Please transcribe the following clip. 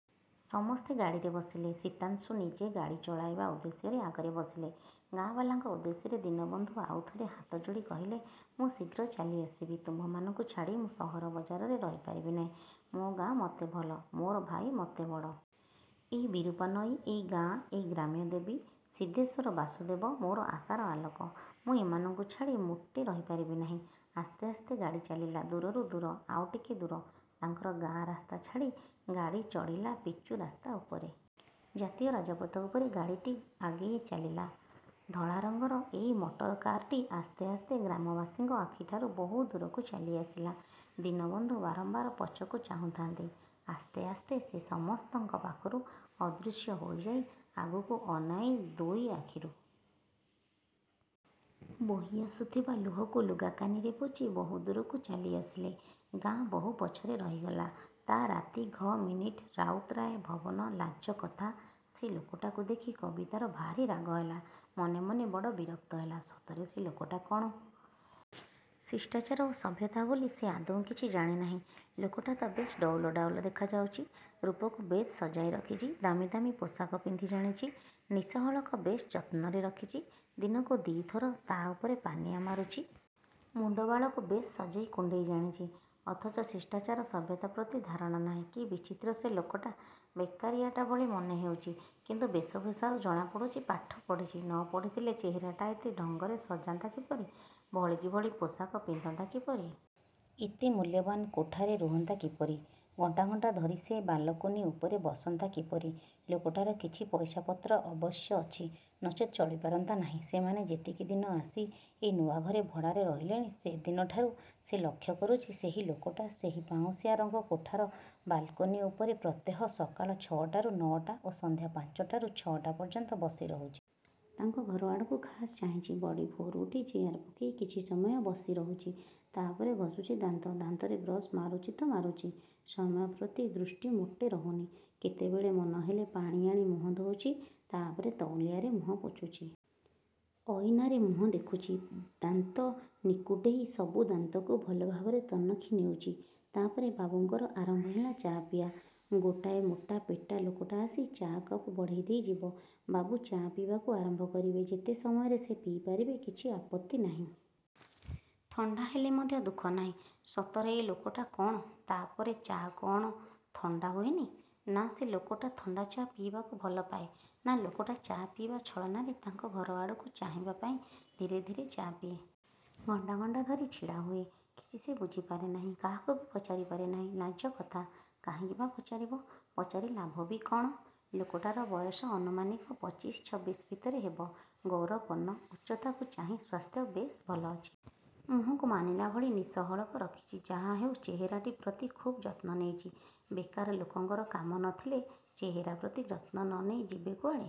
ସମସ୍ତେ ଗାଡ଼ିରେ ବସିଲେ। ଶୀତାଂଶୁ ନିଜେ ଗାଡ଼ି ଚଲାଇବା ଉଦ୍ଦେଶ୍ୟରେ ଆଗରେ ବସିଲେ। ଗାଁବାଲାଙ୍କ ଉଦ୍ଦେଶ୍ୟରେ ଦୀନବନ୍ଧୁ ଆଉଥରେ ହାତ ଯୋଡ଼ି କହିଲେ, ''ମୁଁ ଶୀଘ୍ର ଚାଲି ଆସିବି। ତୁମ୍ଭମାନଙ୍କୁ ଛାଡ଼ି ମୁଁ ସହର ବଜାରରେ ରହିପାରିବି ନାହିଁ। ମୋ ଗାଁ ମୋତେ ଭଲ। ମୋର ଭାଇ ମୋତେ ବଡ଼। ଏଇ ବିରୂପା ନଈ, ଏଇ ଗାଁ, ଏଇ ଗ୍ରାମ୍ୟ ଦେବୀ, ସିଦ୍ଧେଶ୍ୱର ବାସୁଦେବ ମୋର ଆଶାର ଆଲୋକ। ମୁଁ ଏମାନଙ୍କୁ ଛାଡ଼ି ମୋଟେ ରହି ପାରିବି ନାହିଁ। '' ଆସ୍ତେ ଆସ୍ତେ ଗାଡ଼ି ଚାଲିଲା। ଦୂରରୁ ଦୂର, ଆଉ ଟିକେ ଦୂର। ତାଙ୍କର ଗାଁ ରାସ୍ତା ଛାଡ଼ି ଗାଡ଼ି ଚଢ଼ିଲା ପିଚୁ ରାସ୍ତା ଉପରେ। ଜାତୀୟ ରାଜପଥ ଉପରେ ଗାଡ଼ିଟି ଆଗେଇ ଚାଲିଲା। ଧଳା ରଙ୍ଗର ଏଇ ମଟର କାର୍ଟି ଆସ୍ତେ ଆସ୍ତେ ଗ୍ରାମବାସୀଙ୍କ ଆଖିଠାରୁ ବହୁ ଦୂରକୁ ଚାଲିଆସିଲା। ଦୀନବନ୍ଧୁ ବାରମ୍ୱାର ପଛକୁ ଚାହୁଁଥାନ୍ତି। ଆସ୍ତେ ଆସ୍ତେ ସେ ସମସ୍ତଙ୍କ ପାଖରୁ ଅଦୃଶ୍ୟ ହୋଇଯାଇ ଆଗକୁ ଅନାଇ ଦୁଇ ଆଖିରୁ। ବୋହି ଆସୁଥିବା ଲୁହକୁ ଲୁଗାକାନିରେ ପୋଛି ବହୁ ଦୂରକୁ ଚାଲିଆସିଲେ, ଗାଁ ବହୁ ପଛରେ ରହିଗଲା। ତା। ରାତି ଘ ମିନିଟ୍ ରାଉତରାୟ ଭବନ ଲାଜ କଥା ସେ ଲୋକଟାକୁ ଦେଖି କବିତାର ଭାରି ରାଗହେଲା। ମନେ ମନେ ବଡ଼ ବିରକ୍ତ ହେଲା। ସତରେ ସେ ଲୋକଟା କ'ଣ? ଶିଷ୍ଟାଚାର ଓ ସଭ୍ୟତା ବୋଲି ସେ ଆଦୌ କିଛି ଜାଣିନାହିଁ। ଲୋକଟା ତ ବେଶ୍ ଡଉଲ ଡାଉଲ ଦେଖାଯାଉଛି। ରୂପକୁ ବେଶ୍ ସଜାଇ ରଖିଛି। ଦାମି ଦାମି ପୋଷାକ ପିନ୍ଧି ଜାଣିଛି। ନିଶହଳକ ବେଶ୍ ଯତ୍ନରେ ରଖିଛି। ଦିନକୁ ଦି' ଥର ତା' ଉପରେ ପାନିଆ ମାରୁଛି। ମୁଣ୍ଡ ବାଳକୁ ବେଶ୍ ସଜେଇ କୁଣ୍ଡେଇ ଜାଣିଛି। ଅଥଚ ଶିଷ୍ଟାଚାର ସଭ୍ୟତା ପ୍ରତି ଧାରଣା ନାହିଁ। କି ବିଚିତ୍ର ସେ ଲୋକଟା, ବେକାରିଆଟା ଭଳି ମନେ ହେଉଛି। କିନ୍ତୁ ବେଶଭୂଷାରୁ ଜଣାପଡ଼ୁଛି, ପାଠ ପଢ଼ିଛି। ନ ପଢ଼ିଥିଲେ ଚେହେରାଟା ଏତେ ଢଙ୍ଗରେ ସଜାନ୍ତା କିପରି? ଭଳିକି ଭଳି ପୋଷାକ ପିନ୍ଧନ୍ତା କିପରି? ଏତେ ମୂଲ୍ୟବାନ୍ କୋଠାରେ ରୁହନ୍ତା କିପରି? ଘଣ୍ଟା ଘଣ୍ଟା ଧରି ସେ ବାଲକୋନି ଉପରେ ବସନ୍ତା କିପରି? ଲୋକଟାର କିଛି ପଇସାପତ୍ର ଅବଶ୍ୟ ଅଛି। ନଚେତ୍ ଚଳିପାରନ୍ତା ନାହିଁ। ସେମାନେ ଯେତିକି ଦିନ ଆସି ଏ ନୂଆ ଘରେ ଭଡ଼ାରେ ରହିଲେଣି, ସେଦିନଠାରୁ ସେ ଲକ୍ଷ୍ୟ କରୁଛି, ସେହି ଲୋକଟା ସେହି ପାଉଁଶିଆ ରଙ୍ଗ କୋଠାର ବାଲକୋନି ଉପରେ ପ୍ରତ୍ୟେହ ସକାଳ ଛଅଟାରୁ ନଅଟା ଓ ସନ୍ଧ୍ୟା ପାଞ୍ଚଟାରୁ ଛଅଟା ପର୍ଯ୍ୟନ୍ତ ବସି ରହୁଛି। ତାଙ୍କ ଘରଆଡ଼କୁ ଖାସ୍ ଚାହିଁଛି। ବଡ଼ିଭୋରୁ ଉଠି ଚେୟାର ପକେଇ କିଛି ସମୟ ବସି ରହୁଛି। ତା'ପରେ ଘଷୁଛି ଦାନ୍ତ। ଦାନ୍ତରେ ବ୍ରସ୍ ମାରୁଛି ତ ମାରୁଛି। ସମୟ ପ୍ରତି ଦୃଷ୍ଟି ମୋଟେ ରହୁନି। କେତେବେଳେ ମନହେଲେ ପାଣିଆଣି ମୁହଁ ଧୋଉଛି। ତା'ପରେ ତଉଲିଆରେ ମୁହଁ ପୋଛୁଛି। ଅଇନାରେ ମୁହଁ ଦେଖୁଛି। ଦାନ୍ତ ନିକୁଟେଇ ସବୁ ଦାନ୍ତକୁ ଭଲଭାବରେ ତନଖି ନେଉଛି। ତା'ପରେ ବାବୁଙ୍କର ଆରମ୍ଭ ହେଲା ଚା' ପିଆ। ଗୋଟାଏ ମୋଟା ପେଟା ଲୋକଟା ଆସି ଚା' କପ୍ ବଢ଼େଇଦେଇ ଯିବ। ବାବୁ ଚା' ପିଇବାକୁ ଆରମ୍ଭ କରିବେ। ଯେତେ ସମୟରେ ସେ ପିଇପାରିବେ କିଛି ଆପତ୍ତି ନାହିଁ। ଥଣ୍ଡା ହେଲେ ମଧ୍ୟ ଦୁଃଖ ନାହିଁ। ସତରେ ଏ ଲୋକଟା କ'ଣ? ତା' କପରେ ଚା' କ'ଣ ଥଣ୍ଡା ହୁଏନି? ନା, ସେ ଲୋକଟା ଥଣ୍ଡା ଚା' ପିଇବାକୁ ଭଲପାଏ, ନା, ଲୋକଟା ଚା' ପିଇବା ଛଳନାରେ ତାଙ୍କ ଘରଆଡ଼କୁ ଚାହିଁବାପାଇଁ ଧୀରେ ଧୀରେ ଚା' ପିଏ। ଘଣ୍ଟା ଘଣ୍ଟା ଧରି ଛିଡ଼ା ହୁଏ। କିଛି ସେ ବୁଝିପାରେ ନାହିଁ। କାହାକୁ ବି ପଚାରି ପାରେ ନାହିଁ, ଲାଜକଥା। କାହିଁକି ବା ପଚାରିବ? ପଚାରି ଲାଭ ବି କ'ଣ? ଲୋକଟାର ବୟସ ଅନୁମାନିକ ପଚିଶ, ଛବିଶ ଭିତରେ ହେବ। ଗୌର ବର୍ଣ୍ଣ, ଉଚ୍ଚତାକୁ ଚାହିଁ ସ୍ୱାସ୍ଥ୍ୟ ବେଶ୍ ଭଲ ଅଛି। ମୁହଁକୁ ମାନିଲା ଭଳି ନିଶ ହଳକ ରଖିଛି। ଯାହା ହେଉ ଚେହେରାଟି ପ୍ରତି ଖୁବ୍ ଯତ୍ନ ନେଇଛି। ବେକାର ଲୋକଙ୍କର କାମ ନ ଥିଲେ ଚେହେରା ପ୍ରତି ଯତ୍ନ ନ ନେଇ ଯିବେ କୁଆଡ଼େ।